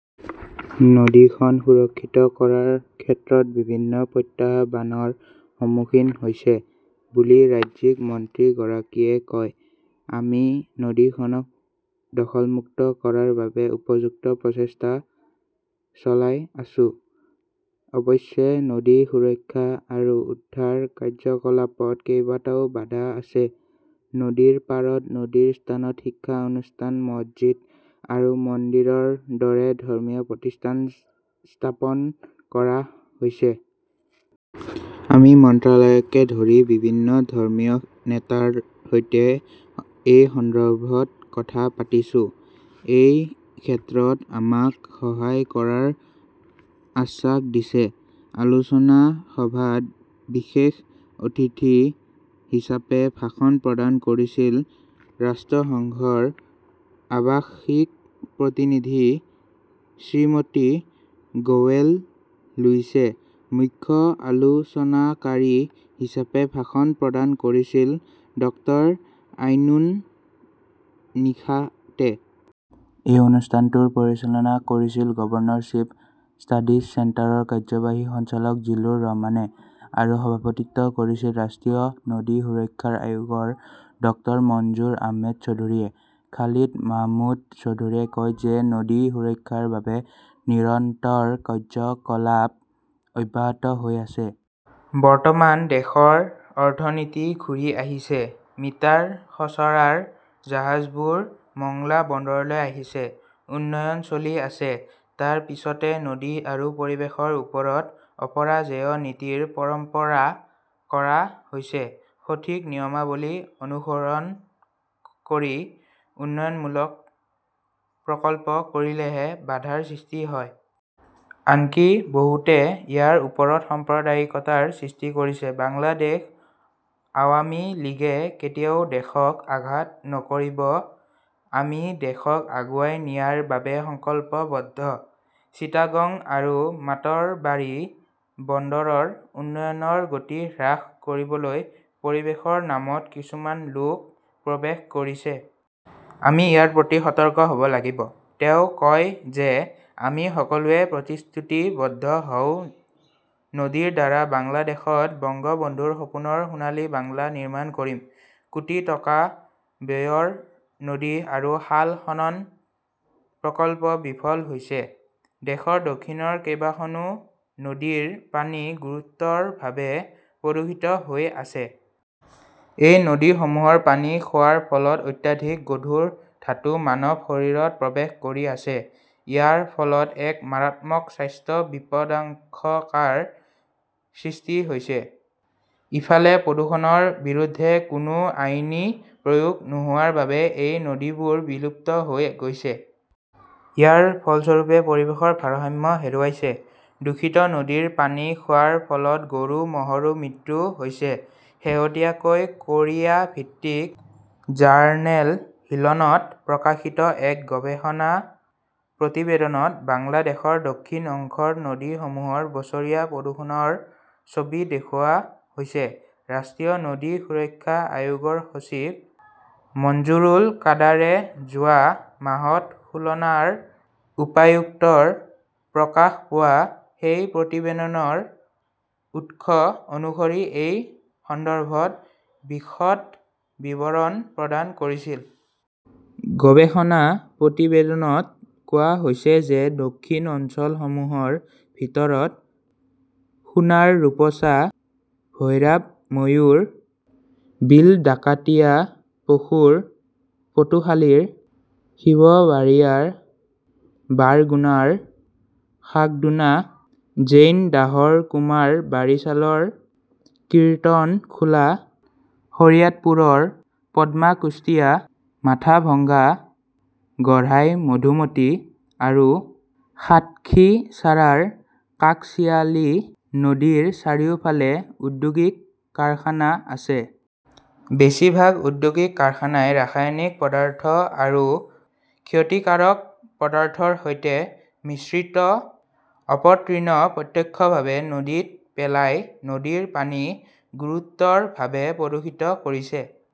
নদীখন সুৰক্ষিত কৰাৰ ক্ষেত্ৰত বিভিন্ন প্ৰত্যাহ্বানৰ সন্মুখীন হৈছে বুলি ৰাজ্যিক মন্ত্ৰীগৰাকীয়ে কয় আমি নদীখনক দখলমুক্ত কৰাৰ বাবে উপযুক্ত প্ৰচেষ্টা চলাই আছো। অৱশ্যে নদী সুৰক্ষা আৰু উদ্ধাৰ কাৰ্যকলাপত কেইবাটাও বাধা আছে। নদীৰ পাৰত নদীৰ স্থানত শিক্ষা অনুষ্ঠান মছজিদ আৰু মন্দিৰৰ দৰে ধৰ্মীয় প্ৰতিষ্ঠান স্থাপন কৰা হৈছে। আমি মন্ত্ৰালয়কে ধৰি বিভিন্ন ধৰ্মীয় নেতাৰ সৈতে এই সন্দৰ্ভত কথা পাতিছো। এই ক্ষেত্ৰত আমাক সহায় কৰাৰ আশ্বাস দিছে। আলোচনা সভাত বিশেষ অতিথি হিচাপে ভাষণ প্ৰদান কৰিছিল ৰাষ্ট্ৰসংঘৰ আৱাসিক প্ৰতিনিধি শ্ৰীমতী গোৱেন লুইছে। মুখ্য আলোচনাকাৰী হিচাপে ভাষণ প্ৰদান কৰিছিল ডক্টৰ আইনুন নিশাতে। এই অনুষ্ঠানটোৰ পৰিচালনা কৰিছিল গভৰ্ণৰশ্বিপ ষ্টাডিজ চেণ্টাৰৰ কাৰ্যবাহী সঞ্চালক জিলুৰ ৰহমানে আৰু সভাপতিত্ব কৰিছিল ৰাষ্ট্ৰীয় নদী সুৰক্ষা আয়োগৰ ডক্টৰ মনজুৰ আহমেদ চৌধুৰীয়ে। খালিদ মাহমুদ চৌধুৰীয়ে কয় যে নদী সুৰক্ষাৰ বাবে নিৰন্তৰ কাৰ্যকলাপ অব্যাহত হৈ আছে। বৰ্তমান দেশৰ অৰ্থনীতি ঘূৰি আহিছে। মিটাৰ খচৰাৰ জাহাজবোৰ মোংলা বন্দৰলৈ আহিছে। উন্নয়ন চলি আছে। তাৰ পিছতে নদী আৰু পৰিৱেশৰ ওপৰত অপৰাজেয় নীতিৰ পৰম্পৰা কৰা হৈছে। সঠিক নিয়মাৱলী অনুসৰণ কৰি উন্নয়নমূলক প্ৰকল্প কৰিলেহে বাধাৰ সৃষ্টি হয়। আনকি বহুতে ইয়াৰ ওপৰত সাম্প্ৰদায়িকতাৰ সৃষ্টি কৰিছে। বাংলাদেশ আৱামী লীগে কেতিয়াও দেশক আঘাত নকৰিব। আমি দেশক আগুৱাই নিয়াৰ বাবে সংকল্পবদ্ধ। চিটাগং আৰু মাতৰবাৰী বন্দৰৰ উন্নয়নৰ গতি হ্ৰাস কৰিবলৈ পৰিৱেশৰ নামত কিছুমান লোক প্ৰৱেশ কৰিছে। আমি ইয়াৰ প্ৰতি সতৰ্ক হ'ব লাগিব। তেওঁ কয় যে আমি সকলোৱে প্ৰতিশ্ৰুতিবদ্ধ হওঁ নদীৰ দ্বাৰা বাংলাদেশত বংগবন্ধুৰ সপোনৰ সোণালী বাংলা নিৰ্মাণ কৰিম। কোটি টকা ব্যয়ৰ নদী আৰু খাল খনন প্ৰকল্প বিফল হৈছে। দেশৰ দক্ষিণৰ কেইবাখনো নদীৰ পানী গুৰুতৰভাৱে প্ৰদূষিত হৈ আছে। এই নদীসমূহৰ পানী খোৱাৰ ফলত অত্যাধিক গধুৰ ধাতু মানৱ শৰীৰত প্ৰৱেশ কৰি আছে। ইয়াৰ ফলত এক মাৰাত্মক স্বাস্থ্য বিপদাশংকাৰ সৃষ্টি হৈছে। ইফালে প্ৰদূষণৰ বিৰুদ্ধে কোনো আইনী প্ৰয়োগ নোহোৱাৰ বাবে এই নদীবোৰ বিলুপ্ত হৈ গৈছে। ইয়াৰ ফলস্বৰূপে পৰিৱেশৰ ভাৰসাম্য হেৰুৱাইছে। দূষিত নদীৰ পানী খোৱাৰ ফলত গৰু ম'হৰো মৃত্যু হৈছে। শেহতীয়াকৈ কোৰিয়া ভিত্তিক জাৰ্নেল হিলনত প্ৰকাশিত এক গৱেষণা প্ৰতিবেদনত বাংলাদেশৰ দক্ষিণ অংশৰ নদীসমূহৰ বছৰীয়া প্ৰদূষণৰ ছবি দেখুওৱা হৈছে। ৰাষ্ট্ৰীয় নদী সুৰক্ষা আয়োগৰ সচিব মঞ্জুৰুল কাদাৰে যোৱা মাহত খুলনাৰ উপায়ুক্তক প্ৰকাশ পোৱা সেই প্ৰতিবেদনৰ উৎস অনুসৰি এই সন্দৰ্ভত বিশদ বিৱৰণ প্ৰদান কৰিছিল। গৱেষণা প্ৰতিবেদনত কোৱা হৈছে যে দক্ষিণ অঞ্চলসমূহৰ ভিতৰত খুনাৰ ৰূপছা ভৈৰাব ময়ূৰ বিলডাকাতিয়া পশুৰ পটুখালিৰ শিৱবাৰিয়া বাৰগুনাৰ খাকদোনা জেইনদাহৰ কুমাৰ বাৰিছালৰ কিৰ্তনখোলা শৰিয়াতপুৰৰ পদ্মা কুষ্টিয়া মাথাভঙ্গা গড়াই মধুমতী আৰু সাতখিছাৰাৰ কাকচিয়ালী নদীৰ চাৰিওফালে ঔদ্যোগিক কাৰখানা আছে। বেছিভাগ ঔদ্যোগিক কাৰখানাই ৰাসায়নিক পদাৰ্থ আৰু ক্ষতিকাৰক পদাৰ্থৰ সৈতে মিশ্ৰিত অপতৃণ প্ৰত্যক্ষভাৱে নদীত পেলাই নদীৰ পানী গুৰুতৰভাৱে প্ৰদূষিত কৰিছে।